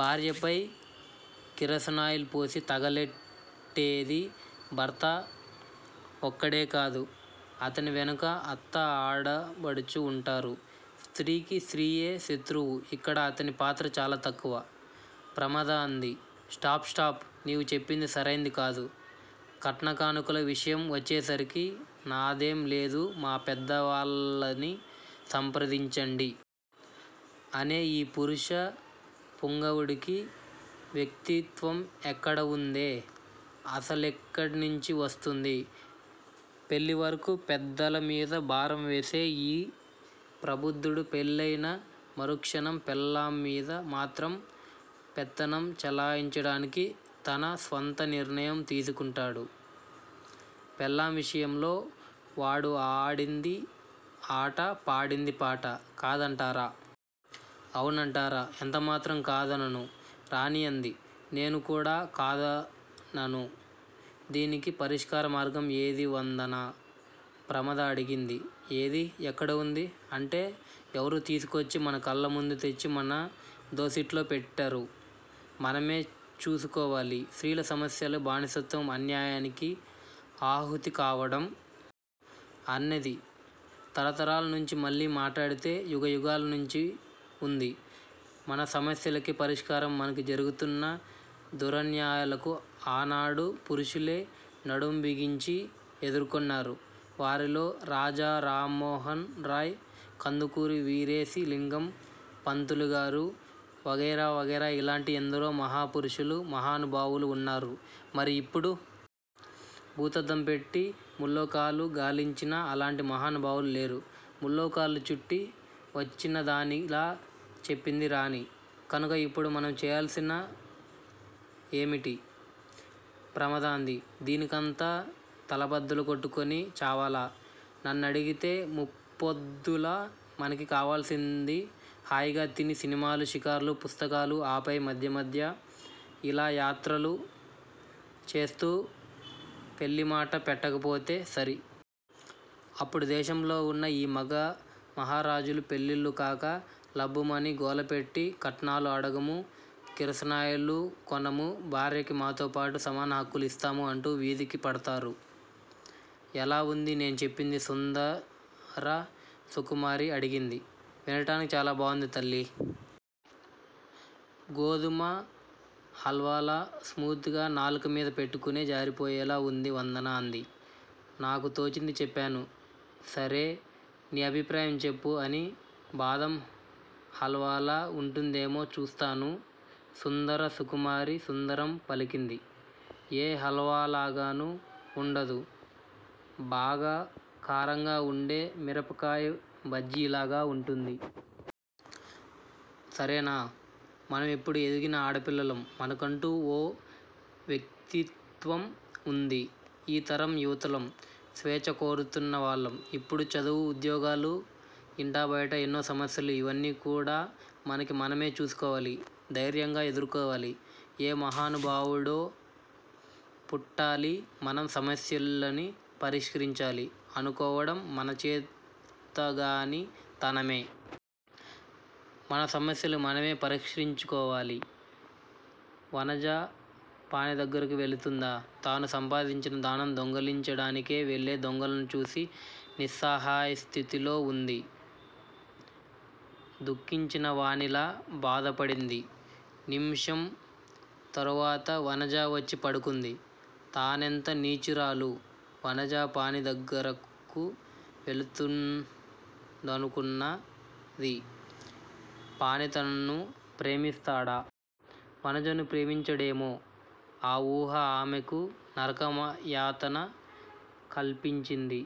భార్యపై కిరసనాయిల్ పోసి తగలెట్టేది భర్త ఒక్కడే కాదు అతని వెనుక అత్త ఆడబడుచు ఉంటారు. స్త్రీకి స్త్రీయే శత్రువు ఇక్కడ అతని పాత్ర చాలా తక్కువ. ప్రమద అంది. స్టాప్! స్టాప్! నీవు చెప్పింది సరైంది కాదు. కట్న కానుకల విషయం వచ్చేసరికి నాదేంలేదు మా పెద్దవాళ్ళని సంప్రదించండి. అనే ఈ పురుష పుంగవుడికి వ్యక్తిత్వం ఎక్కడ ఉందే? అసలెక్కడ్నించి వస్తుంది? పెళ్ళివరకు పెద్దలమీద భారం వేసే ఈ ప్రబుద్ధుడు పెళ్ళయిన మరుక్షణం పెళ్ళాంమీద మాత్రం పెత్తనం చెలాయించడానికి తన స్వంత నిర్ణయం తీసుకుంటాడు. పెళ్ళాం విషయంలో వాడు ఆడింది ఆట పాడింది పాట. కాదంటారా! ఔనంటారా! ఎంతమాత్రం కాదనను. రాణి అంది. నేను కూడా కాదనను. దీనికి పరిష్కార మార్గం ఏది వందనా? ప్రమద అడిగింది. ఏది? ఎక్కడ ఉంది? అంటే ఎవరూ తీసుకొచ్చి మన కళ్ళముందు తెచ్చి మన దోసిట్లో పెట్టరు. మనమే చూసుకోవాలి. స్త్రీల సమస్యలు బానిసత్వం అన్యాయానికి ఆహుతి కావడం. అన్నది తరతరాల నుంచి మళ్ళీ మాట్లాడితే యుగ యుగాలనుంచి ఉంది. మన సమస్యలకి పరిష్కారం మనకి జరుగుతున్న దురన్యాయాలకి ఆనాడు పురుషులే నడుంబిగించి ఎదుర్కొన్నారు. వారిలో రాజారామోహన్ రాయ్ కందుకూరి వీరేశలింగం పంతులుగారు వగైరా వగైరా ఇలాంటి ఎందరో మహాపురుషులు మహానుభావులు ఉన్నారు. మరి ఇప్పుడు? భూతద్దం పెట్టి ముల్లోకాలు గాలించినా అలాంటి మహానుభావులు లేరు. ముల్లోకాలు చుట్టి వచ్చినదానిలా చెప్పింది రాణి. కనుక ఇప్పుడు మనం చెయ్యాల్సింది ఏమిటి? ప్రమద అంది. దీనికంత తలబద్దలు కొట్టుకొని చావాలా? నన్నడిగితే ముప్పొద్దులా మనకి కావాల్సింది హాయిగా తిని సినిమాలు షికార్లు పుస్తకాలు ఆపై మధ్య మధ్య ఇలా యాత్రలు చేస్తూ పెళ్ళిమాట పెట్టకపోతే సరి. అప్పుడు దేశంలో ఉన్న ఈ మగ మహారాజులు పెళ్ళిళ్ళు కాక లబ్బుమని గోలపెట్టి కట్నాలు అడగము కిరసనాయిలు కొనము భార్యకి మాతోపాటు సమాన హక్కులు ఇస్తాము అంటూ వీధికి పడతారు. ఎలా వుంది నేను చెప్పింది సుందర సుకుమారి అడిగింది. వినటానికి చాలా బాగుంది తల్లీ! గోధుమ హల్వాలా స్మూత్ గా నాలుకమీద పెట్టుకునే జారిపోయేలా ఉంది వందన అంది. నాకు తోచింది చెప్పాను సరే__నీ అభిప్రాయం చెప్పు అని బాదం హల్వాలా ఉంటుందేమో చూస్తాను. సుందరం సుకుమారి సుందరంగ పలికింది. ఏ హల్వాలాగాను ఉండదు. బాగా కారంగా ఉండే మిరపకాయ బజ్జిలాగ ఉంటుంది. సరేనా! మనమిప్పుడు ఎదిగిన ఆడపిల్లలం మనకంటు ఓ వ్యక్తిత్వం ఉంది. ఈ తరం యువతులం. స్వేచ్చ కోరుతున్నవాళ్ళం. ఇప్పుడు చదువు ఉద్యోగాలు ఇంటా బయట ఎన్నో సమస్యలు ఇవన్నీ కూడా మనకి మనమే చూసుకోవాలి. ధైర్యంగ ఎదుర్కోవాలి. ఏ మహానుభావుడో పుట్టాలి మన సమస్యలని పరిష్కరించాలి అనుకోవడం మనచేతగాని తనమే. మన సమస్యలు మనమే పరిష్కరించుకోవాలి। వనజ పాణి దగ్గరకు వెళుతుందా? తాను సంపాదించిన దానం దొంగిలించడానికే వెళ్ళే దొంగలను ను చూసి నిస్సహాయస్థితిలో ఉంది దుఃఖించినవానిలా బాధపడింది. నిముషం తరువాత వనజ వచ్చి పడుకుంది. -తానెంత నీచురాలు? వనజ పాణి దగ్గరకు వెళుతూందనుకున్నది. పాణి తనను ప్రేమిస్తాడా? వనజను ప్రేమించాడేమో! ఆ ఊహ ఆమెకు నరకయాతఃన కల్పించింది.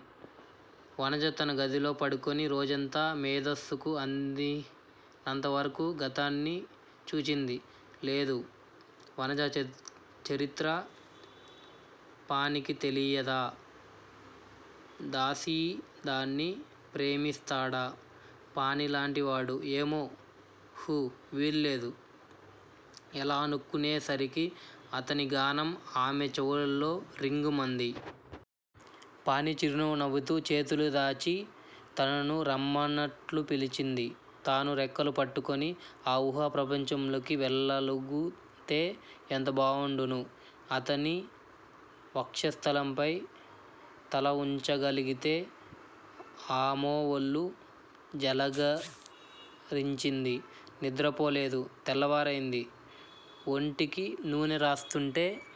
వనజ తన గదిలో పడుకోని రోజంతా మేధస్సుకు అందినంతవరకూ గతాన్ని చూచింది. లేదు, వనజ చరిత్ర పాణికి తెలియదా? దాసీదాన్ని ప్రేమిస్తాడా పాణిలాంటివాడు? ఏమో! ఉహు వీలులేదు. అలా అనుకునేసరికి అతని గానం ఆమె చెవులలో రింగుమంది. పాణి చిరునవ్వు నవ్వుతూ చేతులు చాచి తనను రమ్మన్నట్లుపిలిచింది. తాను రెక్కలు పట్టుకొని ఆ ఊహా ప్రపంచంలోకి వెళ్ళగలుగుతే ఎంత బావుండును? అతని వక్షస్థలంపై తల ఉంచగలిగీతే! ఆమోఒళ్ళు జలదరించింది. నిద్రపోలేదు. తెల్లవారింది. ఒంటికి నూనె రాస్తుంటే